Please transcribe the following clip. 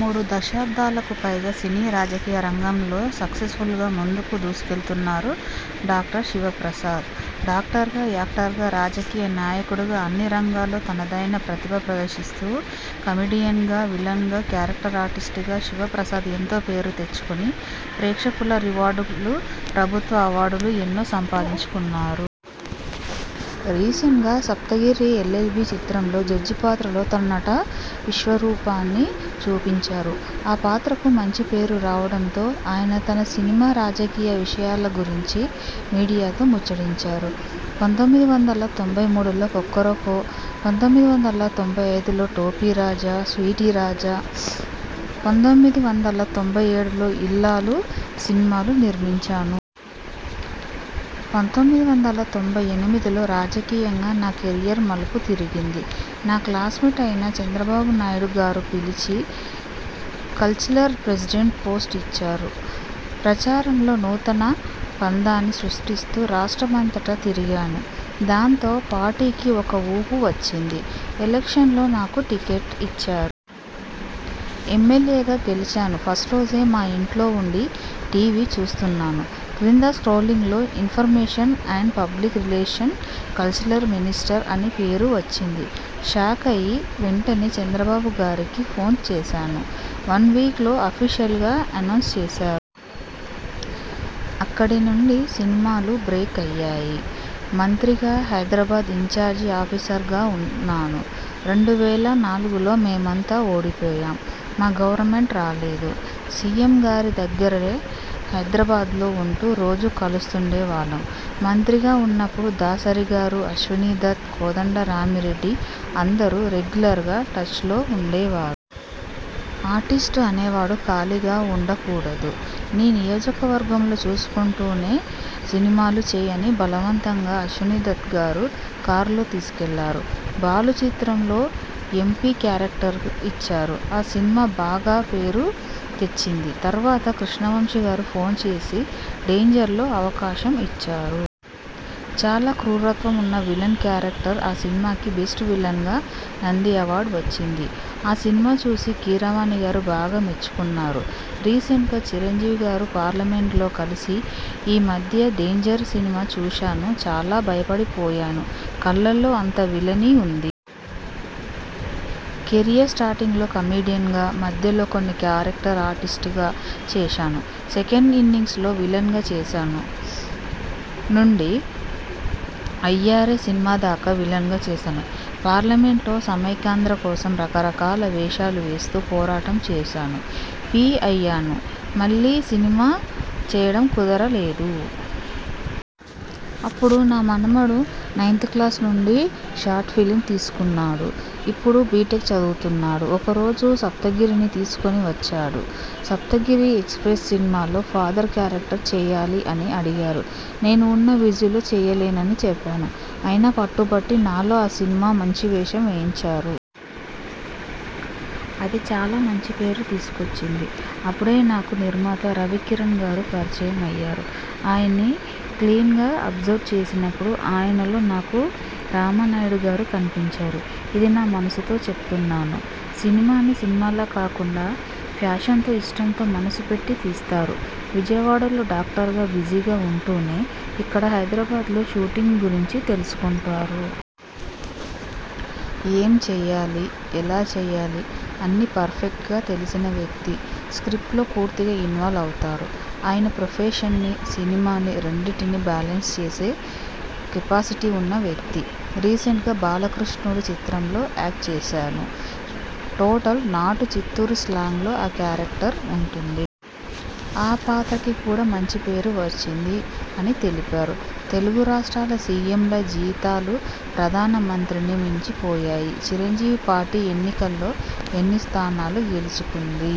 మూడు దశాబ్దాలుకు పైగా సినీ, రాజకీయ రంగంలో సక్సెస్ఫుల్గా ముందుకు దూసుకెళ్తున్నారు డా. శివప్రసాద్. డాక్టర్గా, యాక్టర్గా, రాజకీయ నాయకుడిగా అన్నీ రంగాల్లో తనదైన ప్రతిభ ప్రదర్శిస్తూ, కమెడియన్గా, విలన్గా, క్యారెక్టర్ ఆర్టిస్ట్గా శివ ప్రసాద్ ఎంతో పేరు తెచ్చుకుని ప్రేక్షకుల రివార్డులు, ప్రభుత్వ అవార్డులు ఎన్నో సంపాదించుకున్నారు. రీసెంట్గా 'సప్తగిరి ఎల్. ఎల్. బి' చిత్రంలో జడ్జి పాత్రలో తన నట విశ్వరూపాన్ని చూపించారు. ఆ పాత్రకు మంచి పేరు రావడంతో ఆయన తన సినిమా, రాజకీయ విషయాల గురించి మీడియాతో ముచ్చటించారు. పంతొమ్మిది వందల తొంభై మూడులో 'కొక్కొరకో', పంతొమ్మిది వందల తొంభై ఐదులో 'టోపీ రాజా స్వీటీ రాజా', పంతొమ్మిది వందల తొంభై ఏడులో 'ఇల్లాలు' సినిమాలు నిర్మించాను. పంతొమ్మిది వందల తొంభై ఎనిమిదిలో రాజకీయంగా నా కెరీర్ మలుపు తిరిగింది. నా క్లాస్మేట్ అయిన చంద్రబాబు నాయుడు గారు పిలిచి కల్చరల్ ప్రెసిడెంట్ పోస్ట్ ఇచ్చారు. ప్రచారంలో నూతన పంధాని సృష్టిస్తూ రాష్ట్ర మంతటా తిరిగాను. దాంతో పార్టీకి ఒక ఊపు వచ్చింది. ఎలక్షన్స్లో నాకు టిక్కెట్ ఇచ్చారు. ఎమ్మెల్యేగా గెలిచాను. ఫస్ట్ రోజే మా ఇంట్లో వుండి టీ. వి చూస్తున్నాను. క్రింద స్క్రోలింగ్లో information and public relation cultural minister అని పేరు వచ్చింది. షాక్ అయి వెంటనే చంద్రబాబు గారికి ఫోన్ చేశాను. వన్ వీక్లో అఫీషియల్గా అనౌన్స్ చేశారు. అక్కడ నుండి సినిమాలు బ్రేక్ అయ్యాయి. మంత్రిగా, హైదరాబాద్ ఇంఛార్జి ఆఫీసర్గా వున్నాను. రెండు వేల నాలుగులో మేమంతా ఓడిపోయాం. మా గవర్నమెంట్ రాలేదు. సి. ఎం. గారి దగ్గరే హైదరాబాద్లో ఉంటూ రోజూ కలుస్తుండే వాళ్ళం. మంత్రిగా ఉన్నప్పుడు దాసరి గారు, అశ్వనీదత్, కోదండ రామిరెడ్డి అందరూ రెగ్యులర్గా టచ్లో వుండే వా ఆర్టిస్ట్ అనేవాడు ఖాళీగా వుండ కూడదు. నీ నియోజకవర్గం చూసుకుంటూనే సినిమాలు చెయ్ అని బలవంతంగా అశ్వనీదత్గారు కారులో తీసుకెళ్ళారు. 'బాలు' చిత్రంలో ఎం. పి. క్యారెక్టర్ ఇచ్చారు. ఆ సినిమా బాగా పేరు తెచ్చింది. తర్వాత కృష్ణవంశీ గారు ఫోన్ చేసి 'డేంజర్'లో అవకాశం ఇచ్చారు. చాలా క్రూరత్వం వున్న విలన్ క్యారెక్టర్. ఆ సినిమాకి బెస్ట్ విలన్గా నంది అవార్డు వచ్చింది. ఆ సినిమా చూసి కీరవాణి గారు బాగా మెచ్చుకున్నారు. రీసెంట్గా చిరంజీవి గారు పార్లమెంట్లో కలిసి ఈ మధ్య 'డేంజర్' సినిమా చూశాను. చాలా భయపడి పోయాను. కళ్ళలో అంత విలనీ వుంది. కెరీర్ స్టార్టింగ్లో కమెడియన్గా, మధ్యలో కొన్ని క్యారెక్టర్ ఆర్టిస్ట్గా చేశాను. సెకండ్ ఇన్నింగ్స్లో విలన్గా చేశాను. నుండి 'అయ్యారే' సినిమా దాకా విలన్గా చేశాను. పార్లమెంట్లో సమైఖ్యాంధ్ర కోసం రకరకాల వేషాలు వేస్తూ పోరాటం చేశాను. పీ అయ్యాను. మళ్ళీ సినిమాలు చేయడం కుదర లేదు. అప్పుడు నా మనవడు నైన్త్ క్లాస్ నుండి షార్ట్ ఫిలింస్ తీస్తున్నాడు. ఇప్పుడు బిటెక్ చదువుతున్నాడు. ఒకరోజు సప్తగిరిని తీసుకొని వచ్చాడు. 'సప్తగిరి ఎక్స్ప్రెస్' సినిమాలో ఫాదర్ క్యారెక్టర్ చేయాలి అని అడిగారు. నేను వున్న బిజీలో చేయలేను అని చెప్పాను. అయినా పట్టు బట్టి నాలో ఆ సినిమాలో మంచి వేషం చేయించారు. అది చాలా మంచి పేరు తీసుకొచ్చింది. అప్పుడే నాకు నిర్మాత రవికిరణ్గారు పరిచయం అయ్యారు. ఆయన్ని క్లీన్గా అబ్జర్వ్ చేసినప్పుడు ఆయనలో నాకు రామానాయుడు గారు కన్పించారు. ఇది నా మనసుతో చెప్తున్నాను. సినిమాని సినిమాలా కాకుండా ప్యాషన్తో ఇష్టంతో మనసు పెట్టి తీస్తారు. విజయవాడ లో డాక్టర్గా బిజీగా వుంటూనే ఇక్కడ హైదరాబాద్లో షూటింగ్ గురించి తెలుసుకుంటారు. ఏం చెయ్యాలి? ఎలా చెయ్యాలి అన్నీ పర్ఫెక్ట్గా తెల్సిన వ్యక్తి. స్క్రిప్ట్లో పూర్తిగా ఇన్వాల్వ్ అవుతారు. ఆయన ప్రొఫెషన్ని, సినిమాని రెండింటినీ బేలెన్స్ చేసే కెపాసిటీ వున్న వ్యక్తి. రీసెంట్గా 'బాలకృష్ణుడు' చిత్రంలో యాక్ట్ చేశాను. టోటల్ నాటు చిత్తూరు స్లాంగ్లో ఆ క్యారెక్టర్ వుంటుంది. ఆ పాతకి కూడా మంచి పేరు వచ్చింది, అని తెలిపారు. తెలుగు రాష్ట్రాల సీఎంల జీతాలు ప్రధాన మంత్రినే మించి పోయాయి! చిరంజీవి పార్టీ ఎన్నికల్లో ఎన్ని స్థానాలు గెలుచుకుంది?